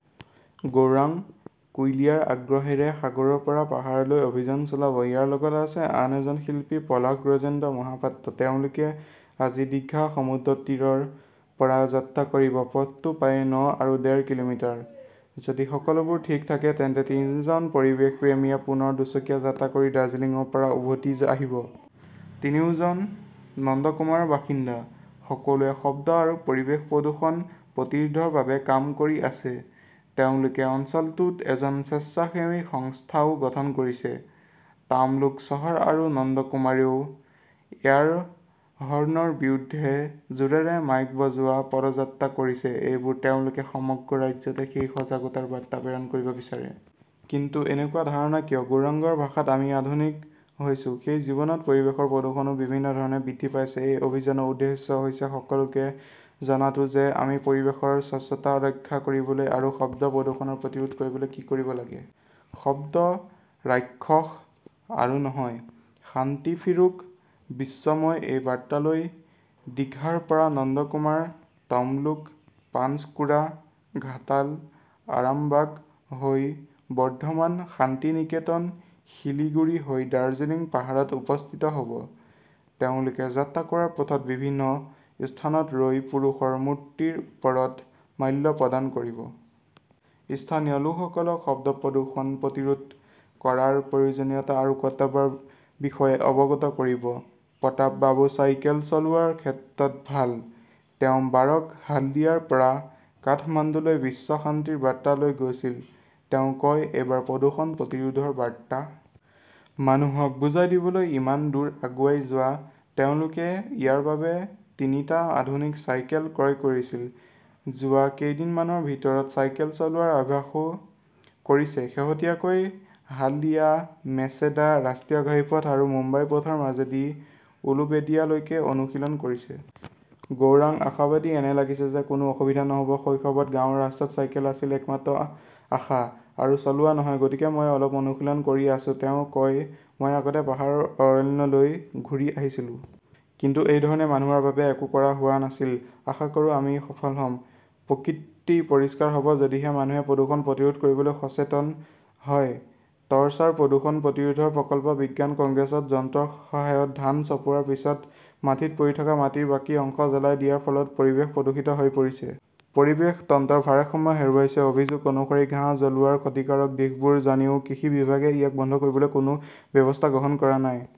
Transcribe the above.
গৌৰাং কুইলিয়াৰ আগ্ৰহেৰে সাগৰৰ পৰা পাহাৰলৈ অভিযান চলাব। ইয়াৰ লগত আছে আন এজন শিল্পী পলাশ গজেন্দ্ৰ মহাপাত্ৰ। তেওঁলোকে আজি, দিঘা সমুদ্ৰতীৰৰ পৰা যাত্ৰা কৰিব। পথটো প্ৰায় ন আৰু ডেৰ কিলোমিটাৰ। যদি সকলোবোৰ ঠিক থাকে, তেন্তে তিনিজন পৰিৱেশপ্ৰেমীয়ে পুনৰ দুচকীয়া যাত্ৰা কৰি দাৰ্জিলিংৰ পৰা উভতি আহিব। তিনিওজন নন্দকুমাৰৰ বাসিন্দা। সকলোৱে শব্দ আৰু পৰিৱেশ প্ৰদূষণ প্ৰতিৰোধৰ বাবে কাম কৰি আছে। তেওঁলোকে অঞ্চলটোত এজন স্বেচ্ছাসেৱী সংস্থাও গঠন কৰিছে। তাম্লুক চহৰ আৰু নন্দকুমাৰেও এয়াৰহৰ্নৰ বিৰুদ্ধে জোৰেৰে মাইক বজোৱা পদযাত্ৰা কৰিছে। এইবাৰ তেওঁলোকে সমগ্ৰ ৰাজ্যতে সেই সজাগতাৰ বাৰ্তা প্ৰেৰণ কৰিব বিচাৰে। কিন্তু এনেকুৱা ধাৰণা কিয়? গৌৰাংৰ ভাষাত, 'আমি আধুনিক হৈছো। সেই জীৱনত পৰিৱেশৰ প্ৰদূষণও বিভিন্ন ধৰণে বৃদ্ধি পাইছে। এই অভিযানৰ উদ্দেশ্য হৈছে সকলোকে জনাটো যে আমি পৰিৱেশৰ স্বচ্ছতা ৰক্ষা কৰিবলৈ আৰু শব্দ প্ৰদূষণ প্ৰতিৰোধ কৰিবলৈ কি কৰিব লাগে। 'শব্দ ৰাক্ষস আৰু নহয়, শান্তি ফিৰুক বিশ্বময়'-এই বাৰ্তা লৈ দীঘাৰ পৰা নন্দকুমাৰ, তামলুক, পাঞ্চকুৰা, ঘাটাল, আৰামবাগ হৈ বৰ্ধমান, শান্তিনিকেতন, শিলিগুৰি হৈ দাৰ্জিলিং পাহাৰত উপস্থিত হ'ব। তেওঁলোকে যাত্ৰা কৰাৰ পথত বিভিন্ন স্থানত ৰৈ পুৰুষৰ মূৰ্তিৰ ওপৰত মাল্য প্ৰদান কৰিব। স্থানীয় লোকসকলক শব্দ প্ৰদূষণ প্ৰতিৰোধ কৰাৰ প্ৰয়োজনীয়তা আৰু কৰ্তব্যৰ বিষয়ে অৱগত কৰিব। প্ৰতাপ বাবু চাইকেল চলোৱাৰ ক্ষেত্ৰত ভাল। তেওঁ বাৰক হালদিয়াৰ পৰা কাঠমাণ্ডুলৈ বিশ্ব শান্তিৰ বাৰ্তা লৈ গৈছিল। তেওঁ কয়, 'এইবাৰ প্ৰদূষণ প্ৰতিৰোধৰ বাৰ্তা। মানুহক বুজাই দিবলৈ ইমান দূৰ আগুৱাই যোৱা। তেওঁলোকে ইয়াৰ বাবে তিনিটা আধুনিক চাইকেল ক্ৰয় কৰিছিল। যোৱা কেইদিনমানৰ ভিতৰত চাইকেল চলোৱাৰ অভ্যাসও কৰিছে। শেহতীয়াকৈ হালদিয়া-মেচেদা ৰাষ্ট্ৰীয় ঘাইপথ আৰু মুম্বাই পথৰ মাজেৰে উলুবেদিয়ালৈকে অনুশীলন কৰিছে। গৌৰাং আশাবাদী, 'এনে লাগিছে যে কোনো অসুবিধা নহ' ব। শৈশৱত গাঁৱৰ ৰাস্তাত চাইকেল আছিল একমাত্ৰ আশা। আৰু চলোৱা নহয়। গতিকে মই অলপ অনুশীলন কৰি আছোঁ। তেওঁ কয়, 'মই আগতে পাহাৰ আৰু অৰণ্যলৈ ঘূৰি আহিছিলো। কিন্তু এই ধৰণে মানুহৰ বাবে একো কৰা হোৱা নাছিল। আশা কৰোঁ আমি সফল হ'ম। প্ৰকৃতি পৰিষ্কাৰ হ 'ব যদিহে মানুহে প্ৰদূষণ প্ৰতিৰোধ কৰিবলৈ সচেতন হয়। টৰ্চাৰ প্ৰদূষণ প্ৰতিৰোধৰ প্ৰকল্প বিজ্ঞান কংগ্ৰেছত যন্ত্ৰৰ সহায়ত ধান চপোৱাৰ পিছত মাটিত পৰি থকা মাটিৰ বাকী অংশ জ্বলাই দিয়াৰ ফলত পৰিৱেশ প্ৰদূষিত হৈ পৰিছে। পৰিৱেশ তন্ত্ৰৰ ভাৰসাম্য হেৰুৱাইছে। অভিযোগ অনুসৰি, ঘাঁহ জ্বলোৱাৰ ক্ষতিকাৰক দিশবোৰ জানিও কৃষি বিভাগে ইয়াক বন্ধ কৰিবলৈ কোনো ব্যৱস্থা গ্ৰহণ কৰা নাই।